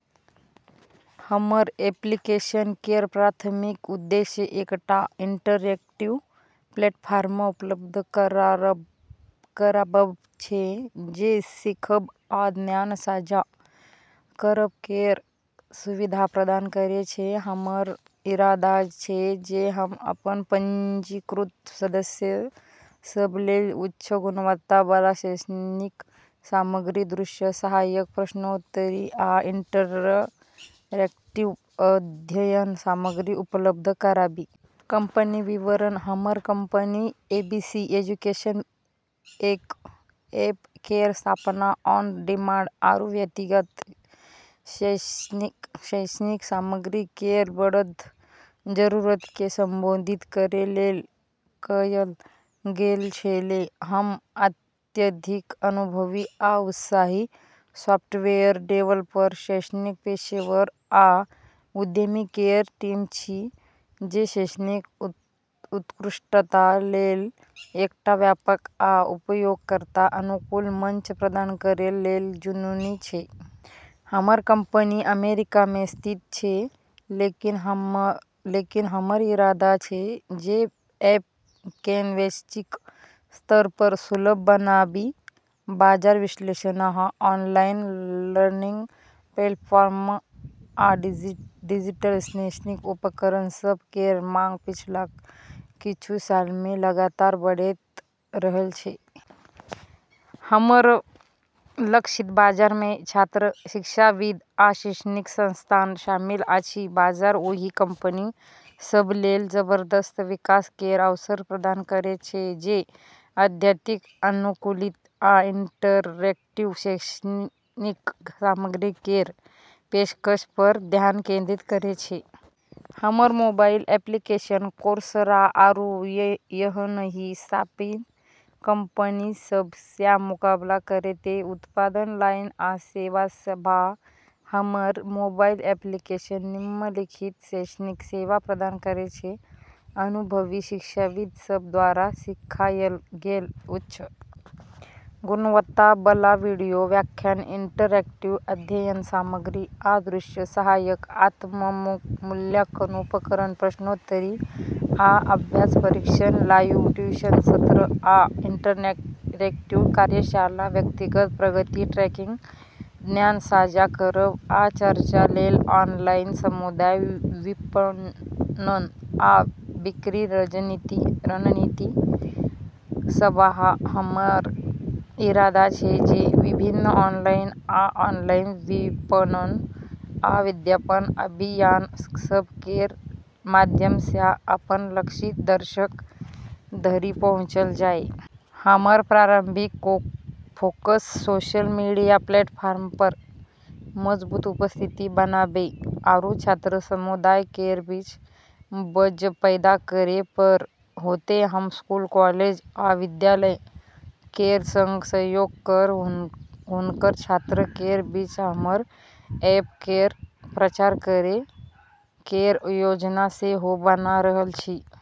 हमर एप्लीकेशन केर प्राथमिक उद्देश्य एकटा इंटरैक्टिव प्लेटफॉर्म उपलब्ध कराबब छै जे सिखब आ ज्ञान-साझा करब केर सुविधा प्रदान करै छै। हमर इरादा छै जे हम अपन पंजीकृत सदस्य सभ लेल उच्च गुणवत्ता बला शैक्षणिक सामग्री, दृश्य सहायक, प्रश्नोत्तरी, आ इंटरैक्टिव अध्ययन सामग्री उपलब्ध कराबी। कंपनी विवरण: हमर कंपनी, एबीसी एजुकेशन ऐप, केर स्थापना ऑन-डिमांड आरू व्यक्तिगत शैक्षिक सामग्री केर बढ़त जरूरत केँ संबोधित करै लेल कएल गेल छेलै। हम अत्यधिक अनुभवी आ उत्साही सॉफ्टवेयर डेवलपर, शैक्षिक पेशेवर, आ उद्यमी केर टीम छी जे शैक्षणिक उत्कृष्टता लेल एकटा व्यापक आ उपयोगकर्ता-अनुकूल मंच प्रदान करै लेल जुनूनी छै। हमर कंपनी अमेरिका मे स्थित छै, लेकिन हमर इरादा छै जे ऐप केँ वैश्विक स्तर पर सुलभ बनाबी। बाजार विश्लेषण: ऑनलाइन लर्निंग प्लेटफॉर्म आ डिजिटल शैक्षिक उपकरण सभ केर माँग पिछला किछु साल मे लगातार बढ़ैत रहल छै। हमर लक्षित बाजार मे छात्र, शिक्षाविद, आ शैक्षणिक संस्थान शामिल अछि। बाजार ओहि कंपनी सभ लेल जबरदस्त विकास केर अवसर प्रदान करैत छै जे अत्यधिक अनुकूलित आ इंटरैक्टिव शैक्षिक सामग्री केर पेशकश पर ध्यान केंद्रित करैत छै। हमर मोबाइल एप्लीकेशन कोर्सरा, आरू एहनहि स्थापित कंपनी सभ सँ मुकाबला करतै। उत्पाद लाइन आ सेवा सभ: हमर मोबाइल एप्लीकेशन निम्नलिखित शैक्षिक सेवा प्रदान करैत छै: अनुभवी शिक्षाविद सभ द्वारा सिखाएल गेल उच्च गुणवत्ता बला वीडियो व्याख्यान - इंटरैक्टिव अध्ययन सामग्री आ दृश्य सहायक- आत्म-मूल्यांकन उपकरण, प्रश्नोत्तरी, आ अभ्यास परीक्षण- लाइव ट्यूशन सत्र आ इंटरैक्टिव कार्यशाला - व्यक्तिगत प्रगति ट्रैकिंग- ज्ञान-साझा करब आ चर्चा लेल ऑनलाइन समुदाय- विपणन आ बिक्री रणनीति सभ: हमर इरादा छै जे विभिन्न ऑनलाइन आ ऑफलाइन विपणन आ विज्ञापन अभियान सभ केर माध्यम सँ अपन लक्षित दर्शक धरि पहुँचल जाय। हमर प्रारंभिक फोकस सोशल मीडिया प्लेटफॉर्म पर मजबूत उपस्थिति बनाबै आरू छात्र समुदाय केर बीच बज़ पैदा करै पर होतै। हम स्कूल, कॉलेज, आ विश्वविद्यालय केर संग सहयोग कऽ हुनकर छात्र केर बीच हमर ऐप केर प्रचार करै केर योजना सेहो बना रहल छी।